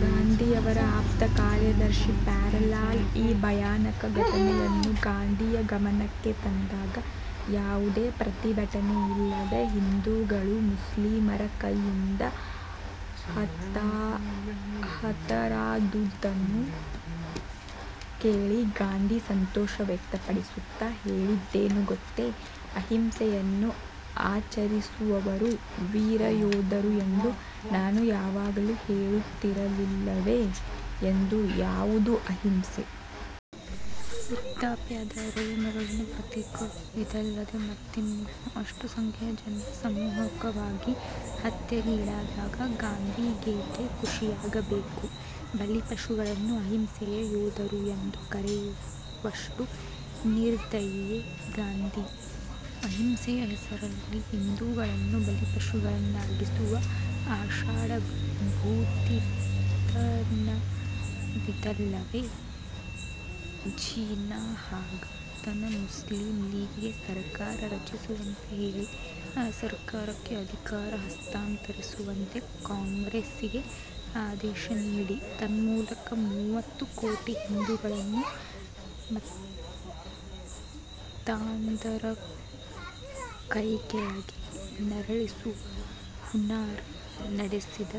ಗಾಂಧಿಯವರ ಆಪ್ತ, ಕಾರ್ಯದರ್ಶಿ ಪ್ಯಾರೇಲಾಲ್ ಈ ಭಯಾನಕ ಘಟನೆಯನ್ನು ಗಾಂಧಿಯ ಗಮನಕ್ಕೆ ತಂದಾಗ ಯಾವುದೇ ಪ್ರತಿಭಟನೆಯಿಲ್ಲದೆ ಹಿಂದೂಗಳು ಮುಸ್ಲಿಮರ ಕೈಯಿಂದ ಹತರಾದುದನ್ನು ಕೇಳಿ ಗಾಂಧಿ ಸಂತೋಷ ವ್ಯಕ್ತಪಡಿಸುತ್ತಾ ಹೇಳಿದ್ದೇನು ಗೊತ್ತೇ? "ಅಹಿಂಸೆಯನ್ನು ಆಚರಿಸುವವರು ವೀರ ಯೋಧರು ಎಂದು ನಾನು ಯಾವಾಗಲೂ ಹೇಳುತ್ತಿರಲಿಲ್ಲವೇ? " ಎಂದು.. ಯಾವುದು ಅಹಿಂಸೆ? ವೃದ್ದಾಪ್ಯದ ಅರಳು-ಮರಳಿನ ಪ್ರತೀಕವಿದಲ್ಲದೆ ಮತ್ತಿನ್ನೇನು? ಅಷ್ಟು ಸಂಖ್ಯೆಯ ಜನ ಸಾಮೂಹಿಕವಾಗಿ ಹತ್ಯೆಗೀಡಾದಾಗ ಗಾಂಧಿಗೇಕೆ ಖುಷಿಯಾಗಬೇಕು? ಬಲಿಪಶುಗಳನ್ನು ಅಹಿಂಸೆಯ ಯೋಧರು ಎಂದು ಕರೆಯುವಷ್ಟು ನಿರ್ದಯಿಯೇ ಗಾಂಧಿ? ಅಹಿಂಸೆಯ ಹೆಸರಲ್ಲಿ ಹಿಂದೂಗಳನ್ನು ಬಲಿಪಶುಗಳನ್ನಾಗಿಸುವ ಆಷಾಢಭೂತಿತನವಿದಲ್ಲವೇ? ಜಿನ್ನಾ ಹಾಗಾತನ ಮುಸ್ಲಿಂ ಲೀಗಿಗೆ ಸರ್ಕಾರ ರಚಿಸುವಂತೆ ಹೇಳಿ, ಆ ಸರ್ಕಾರಕ್ಕೆ ಅಧಿಕಾರ ಹಸ್ತಾಂತರಿಸುವಂತೆ ಕಾಂಗ್ರೆಸ್ಸಿಗೆ ಆದೇಶ ನೀಡಿ ತನ್ಮೂಲಕ ಮೂವತ್ತು ಕೋಟಿ ಹಿಂದೂಗಳನ್ನು ಮತಾಂಧರ ಕೈಕೆಳಗೆ ನರಳಿಸುವ ಹುನ್ನಾರ ನಡೆಸಿದ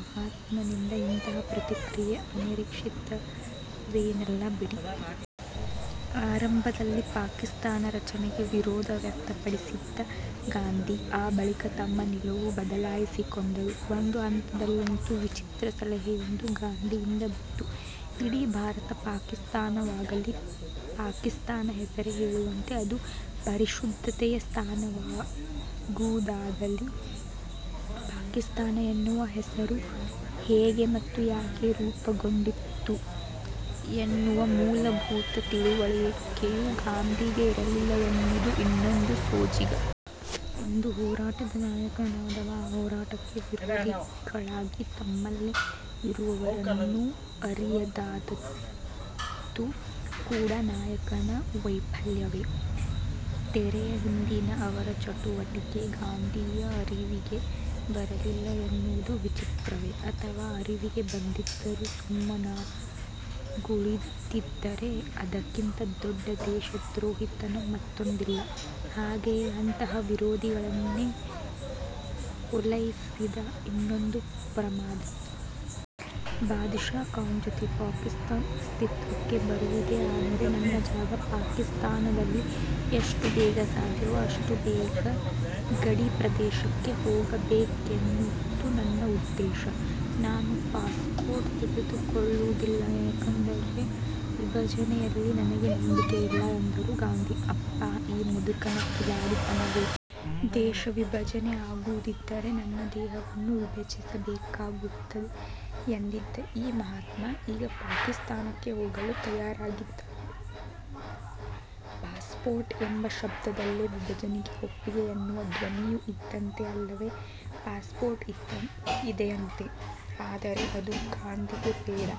ಮಹಾತ್ಮನಿಂದ ಇಂತಹ ಪ್ರತಿಕ್ರಿಯೆ ಅನಿರೀಕ್ಷಿತವೇನಲ್ಲ ಬಿಡಿ! ಆರಂಭದಲ್ಲಿ ಪಾಕಿಸ್ತಾನ ರಚನೆಗೆ ವಿರೋಧ ವ್ಯಕ್ತಪಡಿಸಿದ್ದ ಗಾಂಧಿ ಆ ಬಳಿಕ ತಮ್ಮ ನಿಲುವು ಬದಲಾಯಿಸಿಕೊಂಡರು. ಒಂದು ಹಂತದಲ್ಲಂತೂ ವಿಚಿತ್ರ ಸಲಹೆಯೊಂದು ಗಾಂಧಿಯಿಂದ ಬಂತು. "ಇಡೀ ಭಾರತ ಪಾಕಿಸ್ತಾನವಾಗಲಿ. ಪಾಕಿಸ್ತಾನ ಹೆಸರೇ ಹೇಳುವಂತೆ ಅದು ಪರಿಶುದ್ಧತೆಯ ಸ್ಥಾನವಾಗುವುದಾದಲ್ಲಿ". ಪಾಕಿಸ್ತಾನ ಎನ್ನುವ ಹೆಸರು ಹೇಗೆ ಮತ್ತು ಯಾಕೆ ರೂಪುಗೊಂಡಿತು ಎನ್ನುವ ಮೂಲಭೂತ ತಿಳುವಳಿಕೆಯೂ ಗಾಂಧಿಗೆ ಇರಲಿಲ್ಲ ಎನ್ನುವುದು ಇನ್ನೊಂದು ಸೋಜಿಗ. ಒಂದು ಹೋರಾಟದ ನಾಯಕನಾದವ ಆ ಹೋರಾಟಕ್ಕೆ ವಿರೋಧಿಗಳಾಗಿ ತಮ್ಮಲ್ಲೇ ಇರುವವರನ್ನು ಅರಿಯದಾದದ್ದು ಕೂಡಾ ನಾಯಕನ ವೈಫಲ್ಯವೇ. ತೆರೆಯ ಹಿಂದಿನ ಅವರ ಚಟುವಟಿಕೆ ಗಾಂಧಿಯ ಅರಿವಿಗೇ ಬರಲಿಲ್ಲ ಎನ್ನುವುದೂ ವಿಚಿತ್ರವೇ. ಅಥವಾ ಅರಿವಿಗೆ ಬಂದಿದ್ದರೂ ಸುಮ್ಮನಾಗುಳಿದಿದ್ದರೆ ಅದಕ್ಕಿಂತ ದೊಡ್ದ ದೇಶದ್ರೋಹಿತನ ಮತ್ತೊಂದಿಲ್ಲ. ಹಾಗೆಯೇ ಅಂತಹ ವಿರೋಧಿಗಳನ್ನೇ ಓಲೈಸಿದ್ದು ಇನ್ನೊಂದು ಪ್ರಮಾದ! ಬಾದಶಾ ಖಾನ್ ಜೊತೆ "ಪಾಕಿಸ್ತಾನ ಅಸ್ತಿತ್ವಕ್ಕೆ ಬರುವುದೇ ಆದರೆ ನನ್ನ ಜಾಗ ಪಾಕಿಸ್ತಾನದಲ್ಲಿ. ಎಷ್ಟು ಬೇಗ ಸಾಧ್ಯವೋ ಅಷ್ಟು ಬೇಗ ಗಡಿಪ್ರದೇಶಕ್ಕೆ ಹೋಗಬೇಕೆನ್ನುವುದು ನನ್ನ ಉದ್ದೇಶ. ನಾನು ಪಾಸ್ ಪೋರ್ಟ್ ತೆಗೆದುಕೊಳ್ಳುವುದಿಲ್ಲ. ಯಾಕೆಂದರೆ ವಿಭಜನೆಯಲ್ಲಿ ನನಗೆ ನಂಬಿಕೆಯಿಲ್ಲ. " ಎಂದರು ಗಾಂಧಿ. ಅಬ್ಬಾ ಈ ಮುದುಕನ ಕಿಲಾಡಿತನವೇ! ದೇಶವಿಭಜನೆ ಆಗುವುದಿದ್ದರೆ ನನ್ನ ದೇಹವನ್ನು ವಿಭಜಿಸಬೇಕಾಗುತ್ತದೆ ಎಂದಿದ್ದ ಈ ಮಹಾತ್ಮ ಈಗ ಪಾಕಿಸ್ತಾನಕ್ಕೆ ಹೋಗಲೂ ತಯಾರಾಗಿದ್ದಾರೆ! ಪಾಸ್ ಪೋರ್ಟ್ ಎಂಬ ಶಬ್ಧದಲ್ಲೆ ವಿಭಜನೆಗೆ ಒಪ್ಪಿಗೆ ಎನ್ನುವ ಧ್ವನಿಯೂ ಇದ್ದಂತೆ ಅಲ್ಲವೇ. ಪಾಸ್ ಪೋರ್ಟ್ ಇದೆಯಂತೆ. ಆದರೆ ಅದು ಗಾಂಧಿಗೆ ಬೇಡ.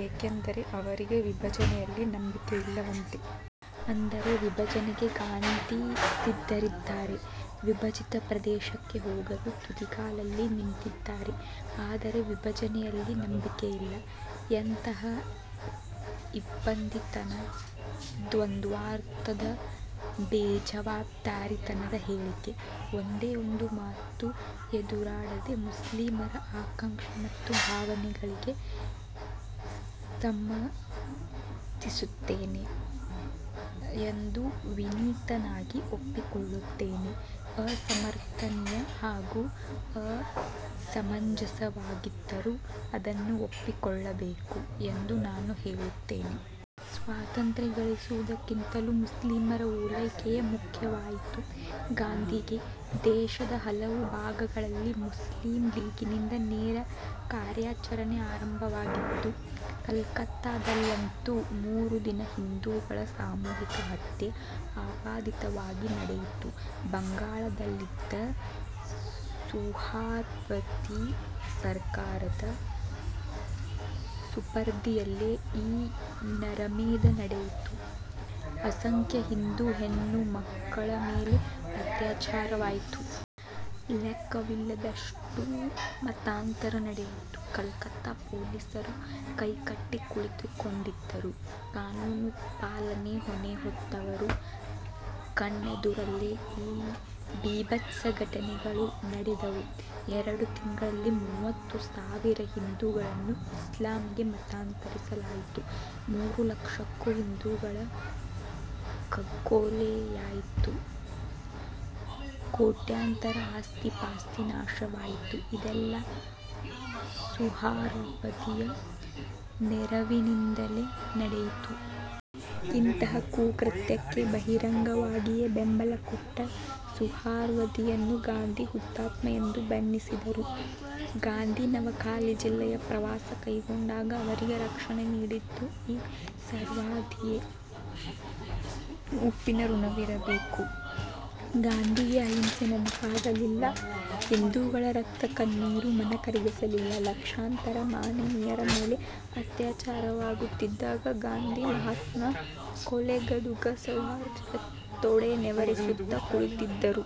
ಯಾಕೆಂದರೆ ಅವರಿಗೆ ವಿಭಜನೆಯಲ್ಲಿ ನಂಬಿಕೆಯಿಲ್ಲವಂತೆ. ಅಂದರೆ ವಿಭಜನೆಗೆ ಗಾಂಧಿ ಸಿದ್ಧರಿದ್ದಾರೆ, ವಿಭಜಿತ ಪ್ರದೇಶಕ್ಕೆ ಹೋಗಲೂ ತುದಿಗಾಲಲ್ಲಿ ನಿಂತಿದ್ದಾರೆ, ಆದರೆ ವಿಭಜನೆಯಲ್ಲಿ ನಂಬಿಕೆಯಿಲ್ಲ! ಎಂತಹಾ ಇಬ್ಬಂದಿತನ, ದ್ವಂದ್ವಾರ್ಥದ, ಬೇಜವಾಬ್ದಾರಿತನದ ಹೇಳಿಕೆ! "ಒಂದೇ ಒಂದು ಮಾತು ಎದುರಾಡದೆ ಮುಸ್ಲಿಮರ ಆಕಾಂಕ್ಷೆ ಮತ್ತು ಭಾವನೆಗಳಿಗೆ ಸಮ್ಮತಿಸುತ್ತೇನೆ ಎಂದು ವಿನೀತನಾಗಿ ಒಪ್ಪಿಕೊಳ್ಳುತ್ತೇನೆ. ಅಸಮರ್ಥನೀಯ ಹಾಗೂ ಅಸಮಂಜಸವಾಗಿದ್ದರೂ ಅದನ್ನು ಒಪ್ಪಿಕೊಳ್ಳಬೇಕು ಎಂದು ನಾನು ಹೇಳುತ್ತೇನೆ. ಸ್ವಾತಂತ್ರ್ಯಗಳಿಸುವುದಕ್ಕಿಂತಲೂ ಮುಸ್ಲಿಮರ ಓಲೈಕೆಯೇ ಮುಖ್ಯವಾಯಿತು ಗಾಂಧಿಗೆ! ದೇಶದ ಹಲವು ಭಾಗಗಳಲ್ಲಿ ಮುಸ್ಲಿಂ ಲೀಗಿನಿಂದ ನೇರ ಕಾರ್ಯಾಚರಣೆ ಆರಂಭವಾಗಿತ್ತು. ಕಲ್ಕತ್ತಾದಲ್ಲಂತೂ ಮೂರು ದಿನ ಹಿಂದೂಗಳ ಸಾಮೂಹಿಕ ಹತ್ಯೆ ಅಬಾಧಿತವಾಗಿ ನಡೆಯಿತು. ಬಂಗಾಳದಲ್ಲಿದ್ದ ಸುಹ್ರಾವರ್ದಿ ಸರಕಾರದ ಸುಪರ್ದಿಯಲ್ಲೇ ಈ ನರಮೇಧ ನಡೆಯಿತು. ಅಸಂಖ್ಯ ಹಿಂದೂ ಹೆಣ್ಣುಮಕ್ಕಳ ಮೇಲೆ ಅತ್ಯಾಚಾರವಾಯಿತು. ಲೆಖ್ಖವಿಲ್ಲದಷ್ಟು ಮತಾಂತರ ನಡೆಯಿತು. ಕಲ್ಕತ್ತಾ ಪೊಲೀಸರು ಕೈಕಟ್ಟಿ ಕುಳಿತುಕೊಂಡಿದ್ದರು. ಕಾನೂನು ಪಾಲನೆ ಹೊಣೆಹೊತ್ತವರ ಕಣ್ಣೆದುರಲ್ಲೇ ಈ ಭೀಭತ್ಸ ಘಟನೆಗಳು ನಡೆದವು. ಎರಡು ತಿಂಗಳಲ್ಲಿ ಮೂವತ್ತು ಸಾವಿರ ಹಿಂದೂಗಳನ್ನು ಇಸ್ಲಾಮಿಗೆ ಮತಾಂತರಿಸಲಾಯಿತು. ಮೂರು ಲಕ್ಷಕ್ಕೂ ಹಿಂದೂಗಳ ಕಗ್ಗೊಲೆಯಾಯಿತು. ಕೋಟ್ಯಾಂತರ ಆಸ್ತಿಪಾಸ್ತಿ ನಾಶವಾಯಿತು. ಇದೆಲ್ಲಾ ಸುಹ್ರಾವರ್ದಿಯ ನೆರವಿನಿಂದಲೇ ನಡೆಯಿತು. ಇಂತಹ ಕುಕೃತ್ಯಕ್ಕೆ ಬಹಿರಂಗವಾಗಿಯೇ ಬೆಂಬಲ ಕೊಟ್ಟ ಸುಹ್ರಾವರ್ದಿಯನ್ನು ಗಾಂಧಿ "ಹುತಾತ್ಮ" ಎಂದು ಬಣ್ಣಿಸಿದರು. ಗಾಂಧಿ ನವಖಾಲಿ ಜಿಲ್ಲೆಯ ಪ್ರವಾಸ ಕೈಗೊಂಡಾಗ ಅವರಿಗೆ ರಕ್ಷಣೆ ನೀಡಿದ್ದು ಈ ಸುಹ್ರಾವರ್ದಿಯೇ. ಉಪ್ಪಿನ ಋಣವಿರಬೇಕು! ಗಾಂಧಿಗೆ ಅಹಿಂಸೆ ನೆನಪಾಗಲಿಲ್ಲ! ಹಿಂದೂಗಳ ರಕ್ತ ಕಣ್ಣೀರು ಮನಕರಗಿಸಲಿಲ್ಲ. ಲಕ್ಷಾಂತರ ಮಾನಿನಿಯರ ಮೇಲೆ ಅತ್ಯಾಚಾರವಾಗುತ್ತಿದ್ದಾಗ ಗಾಂಧಿ ಮಹಾತ್ಮ ಕೊಲೆಗಡುಗ ಸುಹ್ರಾವರ್ದಿಯ ತೊಡೆ ನೇವರಿಸುತ್ತಾ ಕುಳಿತಿದ್ದರು!